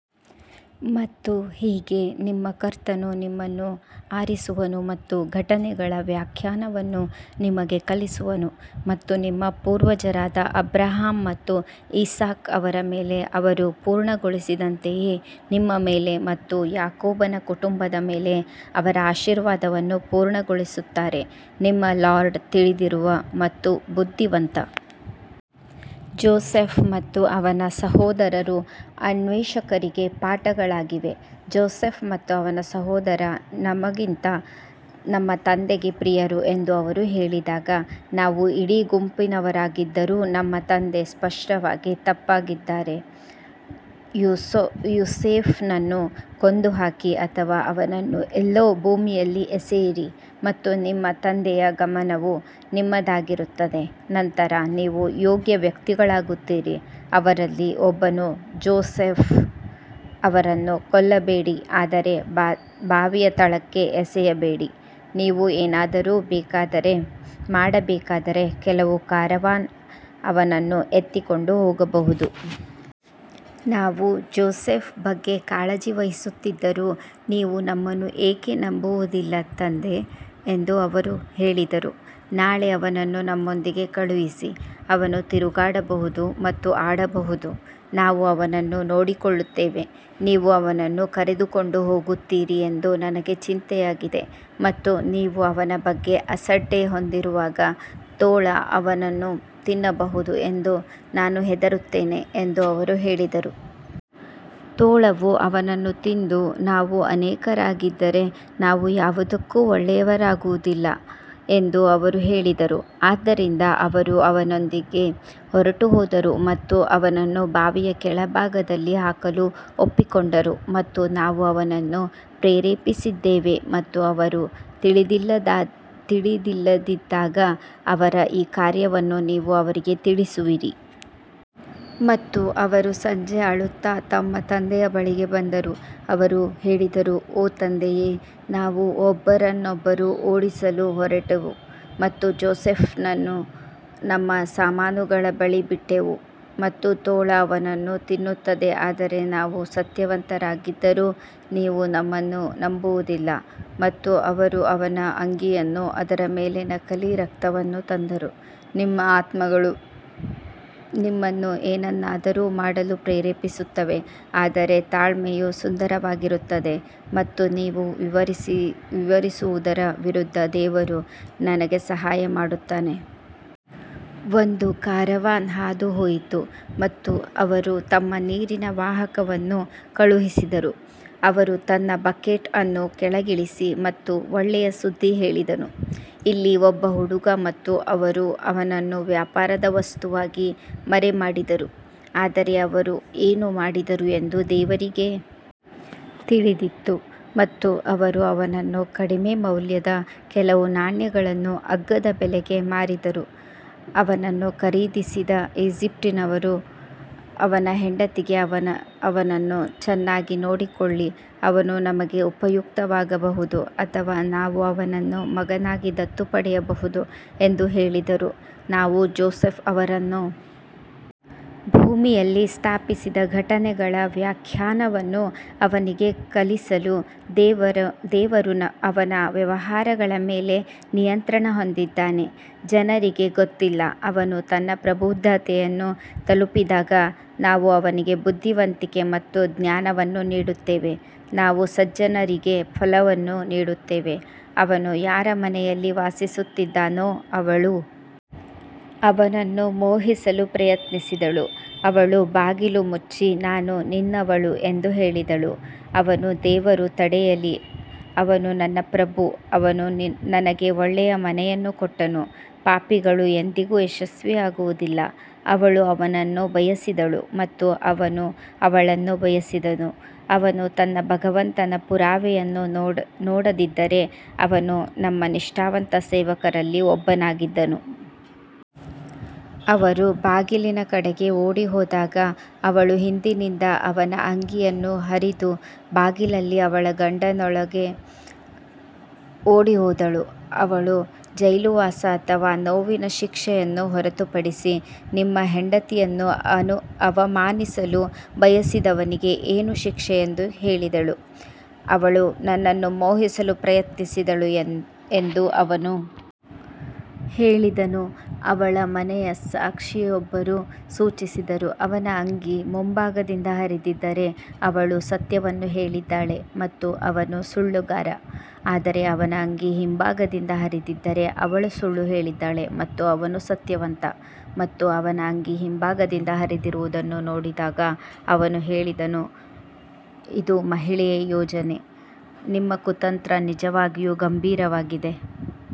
ಮತ್ತು ಹೀಗೆ ನಿಮ್ಮ ಕರ್ತನು ನಿಮ್ಮನ್ನು ಆರಿಸುವನು ಮತ್ತು ಘಟನೆಗಳ ವ್ಯಾಖ್ಯಾನವನ್ನು ನಿಮಗೆ ಕಲಿಸುವನು ಮತ್ತು ನಿಮ್ಮ ಪೂರ್ವಜರಾದ ಅಬ್ರಹಾಂ ಮತ್ತು ಇಸಾಕ್ ಅವರ ಮೇಲೆ ಅವರು ಪೂರ್ಣಗೊಳಿಸಿದಂತೆಯೇ ನಿಮ್ಮ ಮೇಲೆ ಮತ್ತು ಯಾಕೋಬನ ಕುಟುಂಬದ ಮೇಲೆ ಅವರ ಆಶೀರ್ವಾದವನ್ನು ಪೂರ್ಣಗೊಳಿಸುತ್ತಾರೆ ನಿಮ್ಮ ಲಾರ್ಡ್ ತಿಳಿದಿರುವ ಮತ್ತು ಬುದ್ಧಿವಂತ. ಜೋಸೆಫ್ ಮತ್ತು ಅವನ ಸಹೋದರರು ಅನ್ವೇಷಕರಿಗೆ ಪಾಠಗಳಾಗಿವೆ ಜೋಸೆಫ್ ಮತ್ತು ಅವನ ಸಹೋದರ ನಮಗಿಂತ ನಮ್ಮ ತಂದೆಗೆ ಪ್ರಿಯರು ಎಂದು ಅವರು ಹೇಳಿದಾಗ, ನಾವು ಇಡೀ ಗುಂಪಿನವರಾಗಿದ್ದರೂ ನಮ್ಮ ತಂದೆ ಸ್ಪಷ್ಟವಾಗಿ ತಪ್ಪಾಗಿದ್ದಾರೆ ಯೋಸೇಫನನ್ನು ಕೊಂದುಹಾಕಿ ಅಥವಾ ಅವನನ್ನು ಎಲ್ಲೋ ಭೂಮಿಯಲ್ಲಿ ಎಸೆಯಿರಿ ಮತ್ತು ನಿಮ್ಮ ತಂದೆಯ ಗಮನವು ನಿಮ್ಮದಾಗಿರುತ್ತದೆ ನಂತರ ನೀವು ಯೋಗ್ಯ ವ್ಯಕ್ತಿಗಳಾಗುತ್ತೀರಿ ಅವರಲ್ಲಿ ಒಬ್ಬರು ಜೋಸೆಫ್ ಅವರನ್ನು ಕೊಲ್ಲಬೇಡಿ ಆದರೆ ಬಾವಿಯ ತಳಕ್ಕೆ ಎಸೆಯಬೇಡಿ, ನೀವು ಏನಾದರೂ ಮಾಡಬೇಕಾದರೆ ಕೆಲವು ಕಾರವಾನ್ ಅವನನ್ನು ಎತ್ತಿಕೊಂಡು ಹೋಗಬಹುದು. ನಾವು ಜೋಸೆಫ್ ಬಗ್ಗೆ ಕಾಳಜಿ ವಹಿಸುತ್ತಿದ್ದರೂ ನೀವು ನಮ್ಮನ್ನು ಏಕೆ ನಂಬುವುದಿಲ್ಲ ತಂದೆ ಎಂದು ಅವರು ಹೇಳಿದರು ನಾಳೆ ಅವನನ್ನು ನಮ್ಮೊಂದಿಗೆ ಕಳುಹಿಸಿ, ಅವನು ತಿರುಗಾಡಬಹುದು ಮತ್ತು ಆಡಬಹುದು, ನಾವು ಅವನನ್ನು ನೋಡಿಕೊಳ್ಳುತ್ತೇವೆ ನೀವು ಅವನನ್ನು ಕರೆದುಕೊಂಡು ಹೋಗುತ್ತೀರಿ ಎಂದು ನನಗೆ ಚಿಂತೆಯಾಗಿದೆ ಮತ್ತು ನೀವು ಅವನ ಬಗ್ಗೆ ಅಸಡ್ಡೆ ಹೊಂದಿರುವಾಗ ತೋಳ ಅವನನ್ನು ತಿನ್ನಬಹುದು ಎಂದು ನಾನು ಹೆದರುತ್ತೇನೆ ಎಂದು ಅವರು ಹೇಳಿದರು. ತೋಳವು ಅವನನ್ನು ತಿಂದು ನಾವು ಅನೇಕರಾಗಿದ್ದರೆ ನಾವು ಯಾವುದಕ್ಕೂ ಒಳ್ಳೆಯವರಾಗುವುದಿಲ್ಲ ಎಂದು ಅವರು ಹೇಳಿದರು ಆದ್ದರಿಂದ ಅವರು ಅವನೊಂದಿಗೆ ಹೊರಟುಹೋದರು ಮತ್ತು ಅವನನ್ನು ಬಾವಿಯ ಕೆಳಭಾಗದಲ್ಲಿ ಹಾಕಲು ಒಪ್ಪಿಕೊಂಡರು ಮತ್ತು ನಾವು ಅವನನ್ನು ಪ್ರೇರೇಪಿಸಿದ್ದೇವೆ ಮತ್ತು ಅವರು ತಿಳಿದಿಲ್ಲದಿದ್ದಾಗ ಅವರ ಈ ಕಾರ್ಯವನ್ನು ನೀವು ಅವರಿಗೆ ತಿಳಿಸುವಿರಿ. ಮತ್ತು ಅವರು ಸಂಜೆ ಅಳುತ್ತಾ ತಮ್ಮ ತಂದೆಯ ಬಳಿಗೆ ಬಂದರು ಅವರು ಹೇಳಿದರು ಓ ತಂದೆಯೇ ನಾವು ಒಬ್ಬರನ್ನೊಬ್ಬರು ಓಡಿಸಲು ಹೊರಟೆವು ಮತ್ತು ಜೋಸೆಫ್ನನ್ನು ನಮ್ಮ ಸಾಮಾನುಗಳ ಬಳಿ ಬಿಟ್ಟೆವು ಮತ್ತು ತೋಳ ಅವನನ್ನು ತಿನ್ನುತ್ತದೆ ಆದರೆ ನಾವು ಸತ್ಯವಂತರಾಗಿದ್ದರೂ ನೀವು ನಮ್ಮನ್ನು ನಂಬುವುದಿಲ್ಲ ಮತ್ತು ಅವರು ಅವನ ಅಂಗಿಯನ್ನು ಅದರ ಮೇಲೆ ನಕಲಿ ರಕ್ತವನ್ನು ತಂದರು, ನಿಮ್ಮ ಆತ್ಮಗಳು ನಿಮ್ಮನ್ನು ಏನನ್ನಾದರೂ ಮಾಡಲು ಪ್ರೇರೇಪಿಸುತ್ತವೆ ಆದರೆ ತಾಳ್ಮೆಯು ಸುಂದರವಾಗಿರುತ್ತದೆ ಮತ್ತು ನೀವು ವಿವರಿಸುವುದರ ವಿರುದ್ಧ ದೇವರು ನನಗೆ ಸಹಾಯ ಮಾಡುತ್ತಾನೆ. ಒಂದು ಕಾರವಾನ್ ಹಾದುಹೋಯಿತು ಮತ್ತು ಅವರು ತಮ್ಮ ನೀರಿನ ವಾಹಕವನ್ನು ಕಳುಹಿಸಿದರು, ಅವನು ತನ್ನ ಬಕೆಟ್ ಅನ್ನು ಕೆಳಗಿಳಿಸಿ ಮತ್ತು ಒಳ್ಳೆಯ ಸುದ್ದಿ ಹೇಳಿದನು ಇಲ್ಲಿ ಒಬ್ಬ ಹುಡುಗ ಮತ್ತು ಅವರು ಅವನನ್ನು ವ್ಯಾಪಾರದ ವಸ್ತುವಾಗಿ ಮರೆಮಾಡಿದರು ಆದರೆ ಅವರು ಏನು ಮಾಡಿದರು ಎಂದು ದೇವರಿಗೆ ತಿಳಿದಿತ್ತು ಮತ್ತು ಅವರು ಅವನನ್ನು ಕಡಿಮೆ ಮೌಲ್ಯದ ಕೆಲವು ನಾಣ್ಯಗಳನ್ನು ಅಗ್ಗದ ಬೆಲೆಗೆ ಮಾರಿದರು ಅವನನ್ನು ಖರೀದಿಸಿದ ಈಜಿಪ್ಟಿನವನು ಅವನ ಹೆಂಡತಿಗೆ ಅವನನ್ನು ಚೆನ್ನಾಗಿ ನೋಡಿಕೊಳ್ಳಿ ಅವನು ನಮಗೆ ಉಪಯುಕ್ತವಾಗಬಹುದು ಅಥವಾ ನಾವು ಅವನನ್ನು ಮಗನಾಗಿ ದತ್ತು ಪಡೆಯಬಹುದು ಎಂದು ಹೇಳಿದರು ನಾವು ಜೋಸೆಫ್ ಅವರನ್ನು ಭೂಮಿಯಲ್ಲಿ ಸ್ಥಾಪಿಸಿದ ಘಟನೆಗಳ ವ್ಯಾಖ್ಯಾನವನ್ನು ಅವನಿಗೆ ಕಲಿಸಲು ದೇವರು ಅವನ ವ್ಯವಹಾರಗಳ ಮೇಲೆ ನಿಯಂತ್ರಣ ಹೊಂದಿದ್ದಾನೆ ಜನರಿಗೆ ಗೊತ್ತಿಲ್ಲ ಅವನು ತನ್ನ ಪ್ರಬುದ್ಧತೆಯನ್ನು ತಲುಪಿದಾಗ ನಾವು ಅವನಿಗೆ ಬುದ್ಧಿವಂತಿಕೆ ಮತ್ತು ಜ್ಞಾನವನ್ನು ನೀಡಿದ್ದೇವೆ ನಾವು ಸಜ್ಜನರಿಗೆ ಪ್ರತಿಫಲವನ್ನು ನೀಡುತ್ತೇವೆ ಅವನು ಯಾರ ಮನೆಯಲ್ಲಿ ವಾಸಿಸುತ್ತಿದ್ದಾನೋ ಅವಳು ಅವನನ್ನು ಮೋಹಿಸಲು ಪ್ರಯತ್ನಿಸಿದಳು ಅವಳು ಬಾಗಿಲು ಮುಚ್ಚಿ ನಾನು ನಿನ್ನವಳು ಎಂದು ಹೇಳಿದಳು ಅವನು ದೇವರು ತಡೆಯಲಿ ಅವನು ನನ್ನ ಪ್ರಭು ಅವನು ನನಗೆ ಒಳ್ಳೆಯ ಮನೆಯನ್ನು ಕೊಟ್ಟನು ಪಾಪಿಗಳು ಎಂದಿಗೂ ಯಶಸ್ವಿಯಾಗುವುದಿಲ್ಲ ಅವಳು ಅವನನ್ನು ಬಯಸಿದಳು ಮತ್ತು ಅವನು ಅವಳನ್ನು ಬಯಸಿದನು ಅವನು ತನ್ನ ಭಗವಂತನ ಪುರಾವೆಯನ್ನು ನೋಡದಿದ್ದರೆ ಅವನು ನಮ್ಮ ನಿಷ್ಠಾವಂತ ಸೇವಕರಲ್ಲಿ ಒಬ್ಬನಾಗಿದ್ದನು. ಅವರು ಬಾಗಿಲಿನ ಕಡೆಗೆ ಓಡಿಹೋದಾಗ ಅವಳು ಹಿಂದಿನಿಂದ ಅವನ ಅಂಗಿಯನ್ನು ಹರಿದು ಬಾಗಿಲಲ್ಲಿ ಅವಳ ಗಂಡನೊಳಗೆ ಓಡಿಹೋದಳು ಅವಳು ಜೈಲುವಾಸ ಅಥವಾ ನೋವಿನ ಶಿಕ್ಷೆಯನ್ನು ಹೊರತುಪಡಿಸಿ ನಿಮ್ಮ ಹೆಂಡತಿಯನ್ನು ಅವಮಾನಿಸಲು ಬಯಸಿದವನಿಗೆ ಏನು ಶಿಕ್ಷೆ ಎಂದು ಹೇಳಿದಳು. ಅವಳು ನನ್ನನ್ನು ಮೋಹಿಸಲು ಪ್ರಯತ್ನಿಸಿದಳು ಎಂದು ಅವನು ಹೇಳಿದನು ಅವಳ ಮನೆಯ ಸಾಕ್ಷಿಯೊಬ್ಬರು ಸೂಚಿಸಿದರು ಅವನ ಅಂಗಿ ಮುಂಭಾಗದಿಂದ ಹರಿದಿದ್ದರೆ ಅವಳು ಸತ್ಯವನ್ನು ಹೇಳಿದ್ದಾಳೆ ಮತ್ತು ಅವನು ಸುಳ್ಳುಗಾರ ಆದರೆ ಅವನ ಅಂಗಿ ಹಿಂಭಾಗದಿಂದ ಹರಿದಿದ್ದರೆ ಅವಳು ಸುಳ್ಳು ಹೇಳಿದ್ದಾಳೆ ಮತ್ತು ಅವನು ಸತ್ಯವಂತ ಮತ್ತು ಅವನ ಅಂಗಿ ಹಿಂಭಾಗದಿಂದ ಹರಿದಿರುವುದನ್ನು ನೋಡಿದಾಗ ಅವನು ಹೇಳಿದನು ಇದು ಮಹಿಳೆಯ ಯೋಜನೆ ನಿಮ್ಮ ಕುತಂತ್ರ ನಿಜವಾಗಿಯೂ ಗಂಭೀರವಾಗಿದೆ.